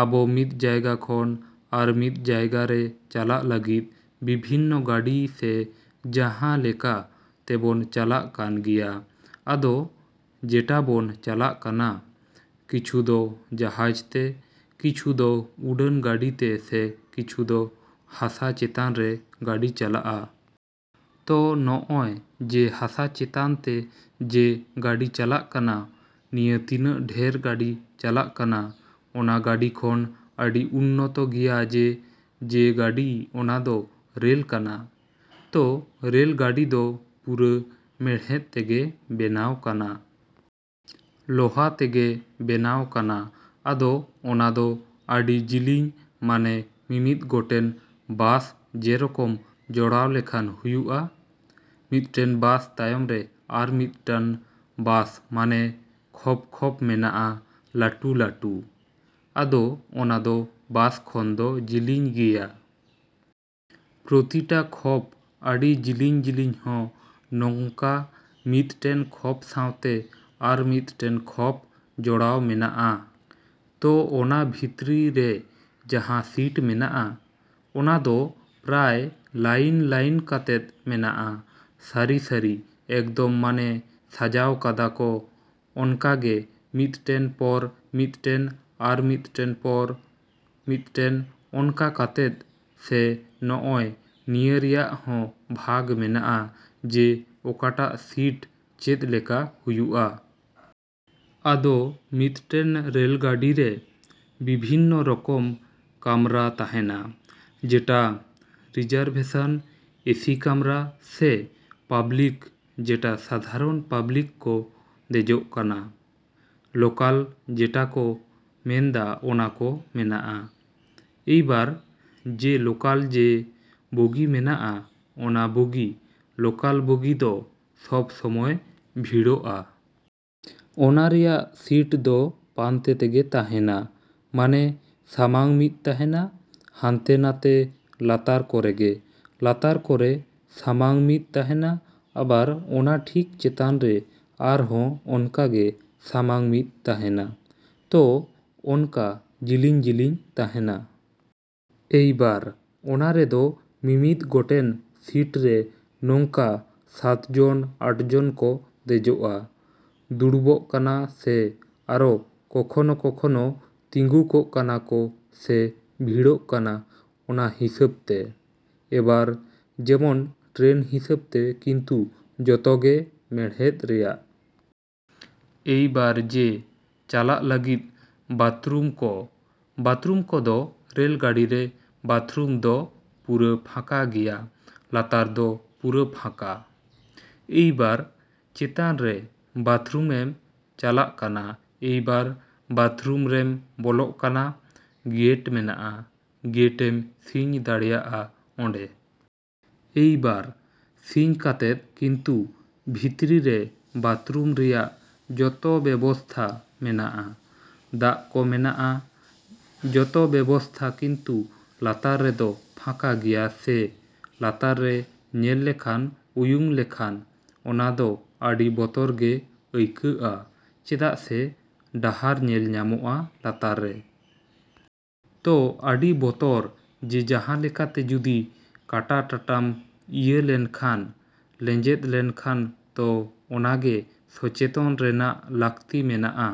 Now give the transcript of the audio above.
‎ᱟᱵᱚ ᱢᱤᱫ ᱡᱟᱭᱜᱟ ᱠᱷᱚᱱ ᱟᱨ ᱢᱤᱫ ᱡᱟᱭᱜᱟ ᱨᱮ ᱪᱟᱞᱟᱜ ᱞᱟᱹᱜᱤᱫ ᱵᱤᱵᱷᱤᱱᱱᱚ ᱜᱟᱹᱰᱤ ᱥᱮ ᱡᱟᱦᱟᱸ ᱞᱮᱠᱟ ᱛᱮᱵᱚᱱ ᱪᱟᱞᱟᱜ ᱠᱟᱱ ᱜᱮᱭᱟ᱾ ᱟᱫᱚ ᱡᱮᱴᱟ ᱵᱚᱱ ᱪᱟᱞᱟᱜ ᱠᱟᱱᱟ, ᱠᱤᱪᱷᱩ ᱫᱚ ᱡᱟᱦᱟᱡᱽ ᱛᱮ, ᱠᱤᱪᱷᱩ ᱫᱚ ᱩᱰᱟᱹᱱ ᱜᱟᱹᱰᱤ ᱛᱮ ᱥᱮ ᱠᱤᱪᱷᱩ ᱫᱚ ᱦᱟᱥᱟ ᱪᱮᱛᱟᱱ ᱨᱮ ᱜᱟᱹᱰᱤ ᱪᱟᱞᱟᱜᱼᱟ᱾ ᱛᱚ ᱱᱚᱜᱼᱚᱭ ᱡᱮ ᱦᱟᱥᱟ ᱪᱮᱛᱟᱱ ᱛᱮ ᱡᱮ ᱜᱟᱹᱰᱤ ᱪᱟᱞᱟᱜ ᱠᱟᱱᱟ, ᱱᱤᱭᱟᱹ ᱛᱤᱱᱟᱹᱜ ᱰᱷᱮᱨ ᱜᱟᱹᱰᱤ ᱪᱟᱞᱟᱜ ᱠᱟᱱᱟ, ᱚᱱᱟ ᱜᱟᱹᱰᱤ ᱠᱷᱚᱱ ᱟᱹᱰᱤ ᱩᱱᱱᱚᱛᱚ ᱜᱮᱭᱟ ᱡᱮ ᱡᱮ ᱜᱟᱹᱰᱤ ᱚᱱᱟᱫᱚ ᱨᱮᱞ ᱠᱟᱱᱟ᱾ ᱛᱚ ᱨᱮᱞ ᱜᱟᱹᱰᱤ ᱫᱚ ᱯᱩᱨᱟᱹ ᱢᱮᱬᱦᱮᱫ ᱛᱮᱜᱮ ᱵᱮᱱᱟᱣ ᱠᱟᱱᱟ᱾ ᱞᱚᱦᱟ ᱛᱮᱜᱮ ᱵᱮᱱᱟᱣ ᱠᱟᱱᱟ ᱟᱫᱚ ᱚᱱᱟᱫᱚ ᱟᱹᱰᱤ ᱡᱤᱞᱤᱧ ᱢᱟᱱᱮ ᱢᱤᱢᱤᱫ ᱜᱚᱴᱮᱱ ᱵᱟᱥ ᱡᱮᱨᱚᱠᱚᱢ ᱡᱚᱲᱟᱣ ᱞᱮᱠᱷᱟᱱ ᱦᱩᱭᱩᱜᱼᱟ᱾ ᱢᱤᱫᱴᱮᱱ ᱵᱟᱥ ᱛᱟᱭᱚᱢ ᱨᱮ ᱟᱨ ᱢᱤᱫᱴᱟᱱ ᱵᱟᱥ ᱢᱟᱱᱮ ᱠᱷᱚᱯᱼᱠᱷᱚᱯ ᱢᱮᱱᱟᱜᱼᱟ ᱞᱟᱹᱴᱩᱼᱞᱟᱹᱴᱩ᱾ ᱟᱫᱚ ᱚᱱᱟᱫᱚ ᱵᱟᱥ ᱠᱷᱚᱱ ᱫᱚ ᱡᱤᱞᱤᱧ ᱜᱮᱭᱟ᱾ ᱯᱨᱚᱛᱤᱴᱟ ᱠᱷᱚᱯ ᱟᱹᱰᱤ ᱡᱤᱞᱤᱧᱼᱡᱤᱞᱤᱧ ᱦᱚᱸ ᱱᱚᱝᱠᱟ ᱢᱤᱫᱴᱮᱱ ᱠᱷᱚᱯ ᱥᱟᱣᱛᱮ ᱟᱨᱢᱤᱫᱴᱮᱱ ᱠᱷᱚᱯ ᱡᱚᱲᱟᱣ ᱢᱮᱱᱟᱜᱼᱟ᱾ ᱛᱚ ᱚᱱᱟ ᱵᱷᱤᱛᱨᱤ ᱨᱮ ᱡᱟᱦᱟᱸ ᱥᱤᱴ ᱢᱮᱱᱟᱜᱼᱟ, ᱚᱱᱟᱫᱚ ᱯᱨᱟᱭ ᱞᱟᱭᱤᱱᱼᱞᱟᱭᱤᱱ ᱠᱟᱛᱮᱫ ᱢᱮᱱᱟᱜᱼᱟ ᱥᱟᱹᱨᱤᱼᱥᱟᱹᱨᱤ ᱮᱠᱫᱚᱢ ᱢᱟᱱᱮ ᱥᱟᱡᱟᱣ ᱠᱟᱫᱟ ᱠᱚ ᱚᱱᱠᱟᱜᱮ ᱢᱤᱫᱴᱮᱱ ᱯᱚᱨ ᱢᱤᱫᱴᱮᱱ ᱟᱨ ᱢᱤᱫᱴᱮᱱ ᱯᱚᱨ ᱢᱤᱫᱴᱮᱱ ᱚᱱᱠᱟ ᱠᱟᱛᱮᱫ ᱥᱮ ᱱᱚᱜᱼᱚᱭ ᱱᱤᱭᱟᱹ ᱨᱮᱭᱟᱜ ᱦᱚᱸ ᱵᱷᱟᱜᱽ ᱢᱮᱱᱟᱜᱼᱟ ᱡᱮ ᱚᱠᱟᱴᱟᱜ ᱥᱤᱴ ᱪᱮᱫ ᱞᱮᱠᱟ ᱦᱩᱭᱩᱜᱼᱟ᱾ ᱟᱫᱚ ᱢᱤᱫᱴᱮᱱ ᱨᱮᱞ ᱜᱟᱹᱰᱤ ᱨᱮ ᱵᱤᱵᱷᱤᱱᱱᱚ ᱨᱚᱠᱚᱢ ᱠᱟᱢᱨᱟ ᱛᱟᱦᱮᱱᱟ ᱡᱮᱴᱟ ᱨᱤᱡᱟᱨᱵᱷᱮᱥᱚᱱ, ᱮᱥᱤ ᱠᱟᱢᱨᱟ ᱥᱮ ᱯᱟᱵᱽᱞᱤᱠ ᱡᱮᱴᱟ ᱥᱟᱫᱷᱟᱨᱚᱱ ᱯᱟᱵᱽᱞᱤᱠ ᱠᱚ ᱫᱮᱡᱚᱜ ᱠᱟᱱᱟ ᱾ᱞᱚᱠᱟᱞ ᱡᱮᱴᱟ ᱠᱚ ᱢᱮᱱᱫᱟ ᱚᱱᱟᱠᱚ ᱢᱮᱱᱟᱜᱼᱟ᱾ ᱮᱭᱵᱟᱨ ᱡᱮ ᱞᱚᱠᱟᱞ ᱡᱮ ᱵᱚᱜᱤ ᱢᱮᱱᱟᱜᱼᱟ, ᱚᱱᱟ ᱵᱚᱜᱤ ᱞᱚᱠᱟᱞ ᱵᱚᱜᱤ ᱫᱚ ᱥᱚᱵᱽ ᱥᱚᱢᱚᱭ ᱵᱷᱤᱲᱚᱜᱼᱟ᱾ ᱚᱱᱟ ᱨᱮᱭᱟᱜ ᱥᱤᱴ ᱫᱚ ᱯᱟᱱᱛᱮ ᱛᱮᱜᱮ ᱛᱟᱦᱮᱱᱟ ᱢᱟᱱᱮ ᱥᱟᱢᱟᱝ ᱢᱤᱫ ᱛᱟᱦᱮᱱᱟ ᱦᱟᱱᱛᱮ ᱱᱟᱛᱮ ᱞᱟᱛᱟᱨ ᱠᱚᱨᱮᱜᱮ ᱞᱟᱛᱟᱨ ᱠᱚᱨᱮ ᱥᱟᱢᱟᱝ ᱢᱤᱫ ᱛᱟᱦᱮᱱᱟ ᱟᱵᱟᱨ ᱚᱱᱟ ᱴᱷᱤᱠ ᱪᱮᱛᱟᱱ ᱨᱮ ᱟᱨᱦᱚᱸ ᱚᱱᱠᱟᱜᱮ ᱥᱟᱢᱟᱝ ᱢᱤᱫ ᱛᱟᱦᱮᱱᱟ᱾ ᱛᱚ ᱚᱱᱠᱟ ᱡᱤᱞᱤᱧᱼᱡᱤᱞᱤᱧ ᱛᱟᱦᱮᱱᱟ᱾ ᱮᱭᱵᱟᱨ ᱚᱱᱟ ᱨᱮᱫᱚ ᱢᱤᱢᱤᱫ ᱜᱚᱴᱮᱱ ᱥᱤᱴ ᱨᱮ ᱱᱚᱝᱠᱟ ᱥᱟᱛᱡᱚᱱ ᱟᱴᱡᱚᱱ ᱠᱚ ᱫᱮᱡᱚᱜᱼᱟ ,ᱫᱩᱲᱩᱵᱚᱜ ᱠᱟᱱᱟ ᱥᱮ ᱟᱨᱚ ᱠᱚᱠᱷᱚᱱᱚᱼᱠᱚᱠᱷᱚᱱᱚ ᱛᱤᱸᱜᱩ ᱠᱚᱜ ᱠᱟᱱᱟ ᱠᱚ ᱥᱮ ᱵᱷᱤᱲᱚᱜ ᱠᱟᱱᱟ ᱚᱱᱟ ᱦᱤᱥᱟᱹᱵᱽ ᱛᱮ᱾ ᱮᱵᱟᱨ ᱡᱮᱢᱚᱱ ᱴᱨᱮᱱ ᱦᱤᱥᱟᱹᱵᱽᱛᱮ ᱠᱤᱱᱛᱩ ᱡᱚᱛᱚᱜᱮ ᱢᱮᱬᱦᱮᱫ ᱨᱮᱭᱟᱜ᱾ ᱮᱭᱵᱟᱨ ᱡᱮ ᱪᱟᱞᱟᱜ ᱞᱟᱹᱜᱤᱫ ᱵᱟᱛᱨᱩᱢ ᱠᱚ, ᱵᱟᱛᱨᱩᱢ ᱠᱚᱫᱚ ᱨᱮᱞ ᱜᱟᱹᱰᱤᱨᱮ ᱵᱟᱛᱷᱨᱩᱢ ᱫᱚ ᱯᱩᱨᱟᱹ ᱯᱷᱟᱸᱠᱟ ᱜᱮᱭᱟ ᱞᱟᱛᱟᱨ ᱫᱚ ᱯᱩᱨᱟᱹ ᱯᱷᱟᱸᱠᱟ᱾ ᱮᱭᱵᱟᱨ ᱪᱮᱛᱟᱱ ᱨᱮ ᱵᱟᱛᱷᱨᱩᱢᱮᱢ ᱪᱟᱞᱟᱜ ᱠᱟᱱᱟ, ᱮᱭᱵᱟᱨ ᱵᱟᱛᱷᱨᱩᱢ ᱨᱮᱢ ᱵᱚᱞᱚᱜ ᱠᱟᱱᱟ, ᱜᱮᱴ ᱢᱮᱱᱟᱜᱼᱟ, ᱜᱮᱴᱮᱢ ᱥᱤᱧ ᱫᱟᱲᱮᱭᱟᱜᱼᱟ ᱚᱸᱰᱮ᱾ ᱮᱭᱵᱟᱨ ᱥᱤᱧ ᱠᱟᱛᱮᱫ ᱠᱤᱱᱛᱩ ᱵᱷᱤᱛᱨᱤ ᱨᱮ ᱵᱟᱛᱨᱩᱢ ᱨᱮᱭᱟᱜ ᱡᱚᱛᱚ ᱵᱮᱵᱚᱥᱛᱷᱟ ᱢᱮᱱᱟᱜᱼᱟ, ᱫᱟᱜ ᱠᱚ ᱢᱮᱱᱟᱜᱼᱟ, ᱡᱚᱛᱚ ᱵᱮᱵᱚᱥᱛᱷᱟ ᱠᱤᱱᱛᱩ ᱞᱟᱛᱟᱨ ᱨᱮᱫᱚ ᱯᱷᱟᱸᱠᱟ ᱜᱮᱭᱟ ᱥᱮ ᱞᱟᱛᱟᱨ ᱨᱮ ᱧᱮᱞ ᱞᱮᱠᱷᱟᱱ ᱩᱭᱩᱝ ᱞᱮᱠᱷᱟᱱ ᱚᱱᱟᱫᱚ ᱟᱹᱰᱤ ᱵᱚᱛᱚᱨ ᱜᱮ ᱟᱹᱭᱠᱟᱹᱜᱼᱟ ᱪᱮᱫᱟᱜ ᱥᱮ ᱰᱟᱦᱟᱨ ᱧᱮᱞ ᱧᱟᱢᱚᱜᱼᱟ ᱞᱟᱛᱟᱨ ᱨᱮ᱾ ᱛᱚ ᱟᱹᱰᱤ ᱵᱚᱛᱚᱨ ᱡᱮ ᱡᱟᱦᱟᱸ ᱞᱮᱠᱟᱛᱮ ᱡᱩᱫᱤ ᱠᱟᱴᱟ ᱴᱟᱴᱟᱢ ᱤᱭᱟᱹ ᱞᱮᱱᱠᱷᱟᱱ ᱞᱮᱸᱡᱮᱫ ᱞᱮᱱᱠᱷᱟᱱ ᱛᱚ ᱚᱱᱟᱜᱮ ᱥᱚᱪᱮᱛᱚᱱ ᱨᱮᱱᱟᱜ ᱞᱟ.ᱠᱛᱤ ᱢᱮᱱᱟᱜ-ᱟ᱾